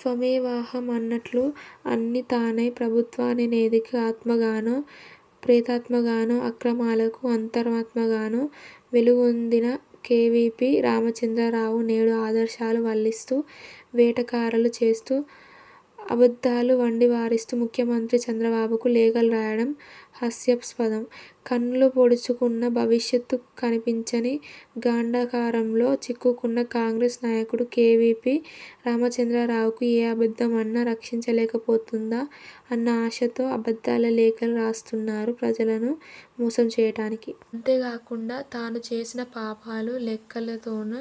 త్వమేవాహం అన్నట్లు అన్నీ తానై ప్రభుత్వాధినేతకు ఆత్మగానో, ప్రేతాత్మగానో, అక్రమాలకు అంతరాత్మగానో వెలుగొందిన కేవీపీ రామచంద్రరావు నేడు ఆదర్శాలు వల్లిస్తూ, వెటకారాలు చేస్తూ, అబద్ధాలు వండివారుస్తూ ముఖ్యమంత్రి చంద్రబాబుకు లేఖలు రాయడం హాస్యాస్పదం. కన్నులు పొడుచుకున్నా భవిష్యత్తు కనిపించని గాఢాంధకారంలో చిక్కుకున్న కాంగ్రెస్ నాయకుడు కేవీపీ రామచంద్రరావుకు ఏ అబద్ధం అన్నా రక్షించలేకపోతుందా అన్న ఆశతో అబద్ధాల లేఖలు రాస్తున్నారు ప్రజలను మోసం చేయడానికి. అంతేగాకుండా తానుచేసిన పాపాలు లేఖలతోనన్నా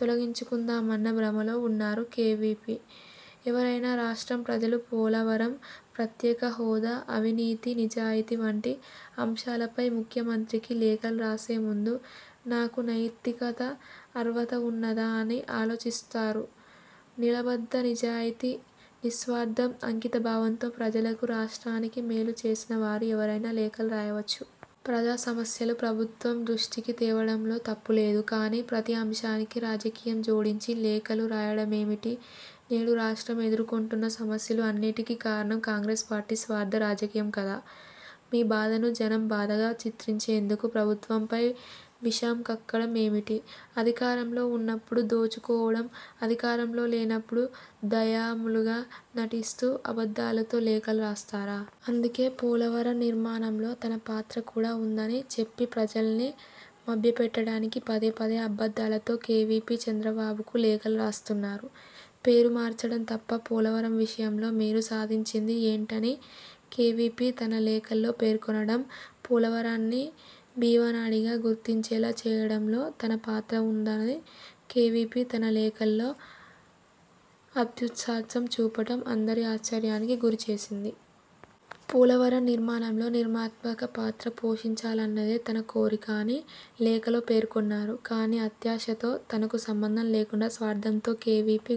తొలగించుకుందామన్న భ్రమల్లో ఉన్నారు కేవీపీ. ఎవరైనా రాష్ట్రం, ప్రజలు పోలవరం, ప్రత్యేకహోదా, అవినీతి, నిజాయితీ, వంటి అంశాలపై ముఖ్యమంత్రికి లేఖలు రాసేముందు నాకు నైతికత, అర్హత ఉన్నదా అని ఆలోచిస్తారు. నిబద్ధత, నిజాయితీ, నిస్వార్ధం, అంకితభావంతో ప్రజలకు, రాష్ట్రానికి మేలుచేసిన వారు ఎవరైనా లేఖలు రాయవచ్చు. ప్రజాసమస్యలు ప్రభుత్వం దృష్టికి తేవడంలో తప్పులేదు. కానీ ప్రతి అంశానికి రాజకీయం జోడించి లేఖలు రాయడమేమిటి? నేడు రాష్ట్రం ఎదుర్కొంటున్న సమస్యలు అన్నిటికీ కారణం కాంగ్రెస్ పార్టీ స్వార్ధ రాజకీయం కాదా? మీ బాధను జనం బాధగా చిత్రించేందుకు ప్రభుత్వంపై విషం కక్కడం ఏమిటి? అధికారంలో ఉన్నప్పుడు దోచుకోవడం, అధికారంలో లేనప్పుడు దయామయులుగా నటిస్తూ అబద్ధాలతో లేఖలు రాస్తారా? అందుకే పోలవరం నిర్మాణంలో తన పాత్ర కూడా ఉందని చెప్పి ప్రజల్ని మభ్యపెట్టడానికి పదే పదే అబద్ధాలతో కేవీపీ చంద్రబాబుకు లేఖలు రాస్తున్నారు. పేరు మార్చడం తప్ప పోలవరం విషయంలో మీరు సాధించింది ఏంటని కేవీపీ తన లేఖలో పేర్కొనడం, పోలవరాన్ని జీవనాడిగా గుర్తించేలా చేయడంలో తన పాత్ర ఉన్నదని కేవీపీ తన లేఖలో అత్యుత్సాహం చూపడం అందరినీ ఆశ్చర్యానికి గురిచేసింది. పోలవరం నిర్మాణంలో నిర్మాణాత్మక పాత్ర పోషించాలన్నదే తన కోరిక అని లేఖలో పేర్కొన్నారు. కానీ అత్యాశతో తనకు సంబంధం లేకుండా స్వార్ధంతో కేవీపీ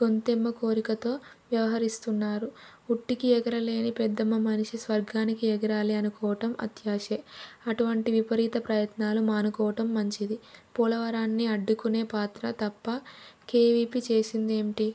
గొంతెమ్మ కోరికతో వ్యవహరిస్తున్నారు. ఉట్టికి ఎగరలేని పెద్దమనిషి స్వర్గానికి ఎగరాలి అనుకోవటం అత్యాశే. అటువంటి విపరీత ప్రయత్నాలు మానుకోవటం మంచిది. పోలవరాన్ని అడ్డుకునే పాత్ర తప్పా కేవీపీ చేసింది ఏమిటి?